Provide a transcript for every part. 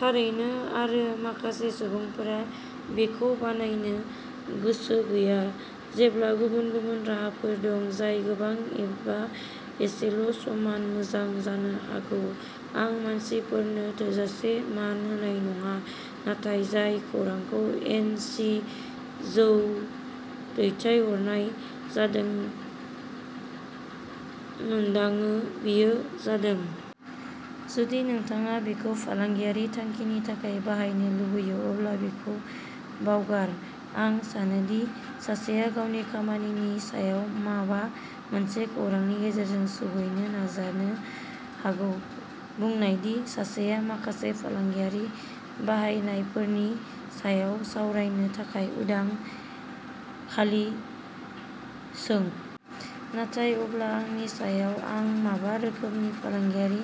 थारैनो। आरो माखासे सुबुंफोरा बेखौ बानायनो गोसो गैया जेब्ला गुबुन गुबुन राहाफोर दं जाय गोबां एबा एसेल' समान मोजां। जानो हागौ आं मानसिफोरनो थोजासे मान होनाय नङा। नाथाय जाय खौरांखौ एन सि जौ दैथायहरनाय जादों मोनदाङो बेयो जादों। जुदि नोंथाङा बेखौ फालांगियारि थांखिनि थाखाय बाहायनो लुगैयो। अब्ला बेखौ बावगार। आं सानो दि सासेया गावनि खामानिनि सायाव माबा मोनसे खौरांनि गेजेरजों सौहैनो नाजानो हागौ। बुंनाय दि सासेया माखासे फालांगियारि बाहायनायफोरनि सायाव सावरायनो थाखाय उदां खालि सों। नाथाय अब्ला आंनि थाखाय आं मा रोखोमनि फालांगियारि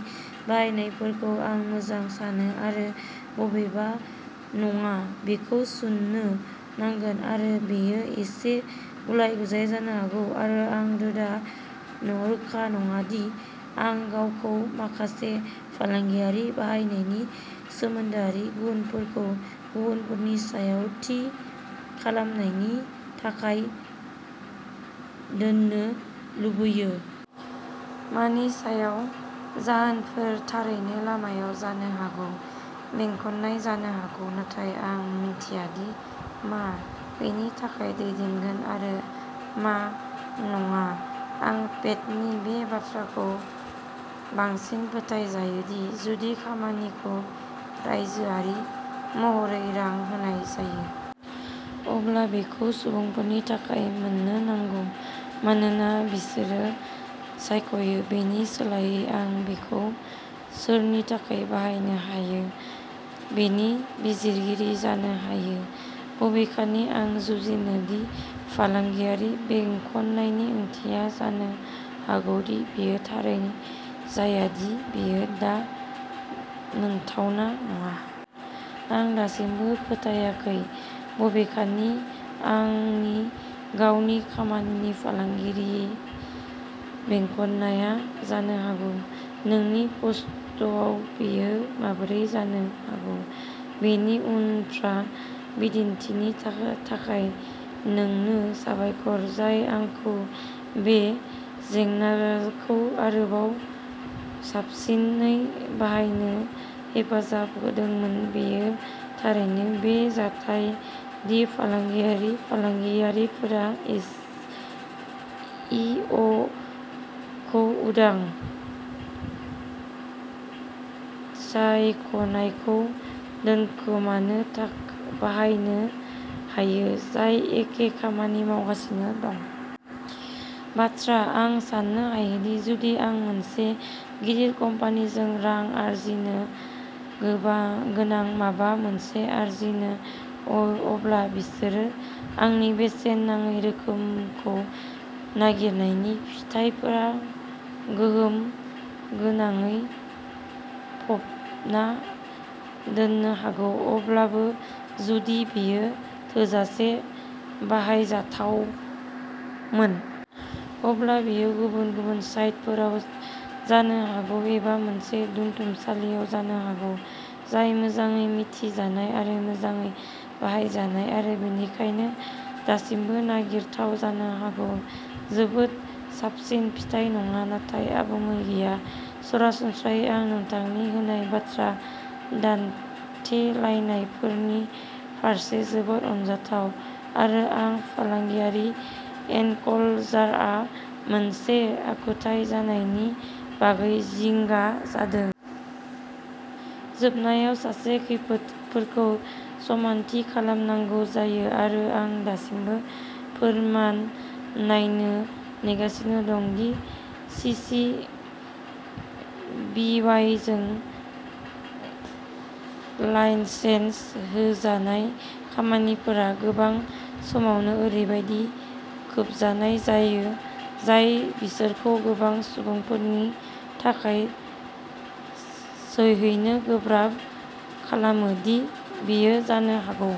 बाहायनायफोरखौ आं मोजां सानो आरो बबेआ नङा बेखौ सुनो नांगोन। आरो बेयो एसे गुलाय-गुजाय जानो हागौ। आरो आं रोखा नङा दि आं गावखौ माखासे फालांगियारि बाहायनायनि सोमोन्दोआरि गुनफोरखौ गुबुनफोरनि सायाव थि खालामनायनि थाखाय दोन्नो लुगैयो। मानि सायाव। जाहोनफोर थारै लामायाव जानो हागौ बेंखननाय जानो हागौ। नाथाय आं मिथिया दि मा बेनि थाखाय दैदेनगोन आरो मा नङा। आं पेटनि बे बाथ्राजों बांसिन फोथायजायो दि जुदि खामानिखौ रायजोआरि महरै रां होनाय जायो। अब्ला बेखौ सुबुंफोरनि थाखाय मोन्नो नांगौ मानोना बिसोरो सायख'यो। बेनि सोलायै आं बेखौ सोरनि थाखाय बाहायनो हायो बेनि बिजिरगिरि जानो हायो। बबेखानि आं बुजियो दि फालांगियारि बेंखननायनि ओंथिया जानो हागौ दि बेयो थारै जाया दि बेयो दा मोनथावना नङा। आं दासिमबो फोथायाखै बबेखानि आंनि गावनि खामानिनि फालांगियारि बेंखननाया जानो हागौ। नोंनि पस्टआव बेयो माबोरै जानो हागौ बेनि उफ्रा बिदिन्थिनि थाखाय नोंनो साबायखर। जाय आंखौ बे जेंनाखौ आरोबाव साबसिनै बाहायनो हेफाजाब होदोंमोन। बेयो थारैनो बे जाथाय दि फालांगियारि फालांगिफोरा एस इ अ खौ उदां सायख'नायफोरखौ दोनखोमानो बाहायनो हायो जाय एखे खामानि मावगासिनो दं। बाथ्रा। आं साननो हायोदि जुदि आं मोनसे गिदिर कम्पानिजों रां आरजिनो गोबां गोनां माबा मोनसे सोरजियो। अब्ला बिसोर आंनि बेसेन नाङै रोखोमखौ नागिरनायनि फिथायफोरा गोहोम गोनाङै फबना दोननो हागौ। अब्लाबो जुदि बेयो थोजासे बाहायजाथावमोन। अब्ला बेयो गुबुन-गुबुन साइटफोराव जानो हागौ एबा मोनसे दोनथुमसालियाव जानो हागौ जाय मोजाङै मिथिजानाय आरो मोजाङै बाहायजानाय आरो बेनिखायनो दासिमबो नागिरथाव। जानो हागौ जोबोद साबसिन फिथाय नङा। नाथाय आबुङै गैया। सरासनस्रायै आं नोंथांनि होनाय बाथ्रा दान्थेलायनायफोरनि फारसे जोबोद अनजाथाव आरो आं, फालांगियारि एनक्ल'जारआ मोनसे आखुथाय जानायनि बागै जिंगा जादों। जोबनायाव सासेया खैफोदफोरखौ समानथि खालामनांगौ जायो आरो आं दासिमबो फोरमान नायनो नेगासिनो दं दि सिसि-बिवाइजों लाइसेन्स होजानाय खामानिफोरा गोबां समावनो ओरैबायदि खोबजानाय जायो जाय बिसोरखौ गोबां सुबुंफोरनि थाखाय सौहैनो गोब्राब खालामो। दि बेयो जानो हागौ।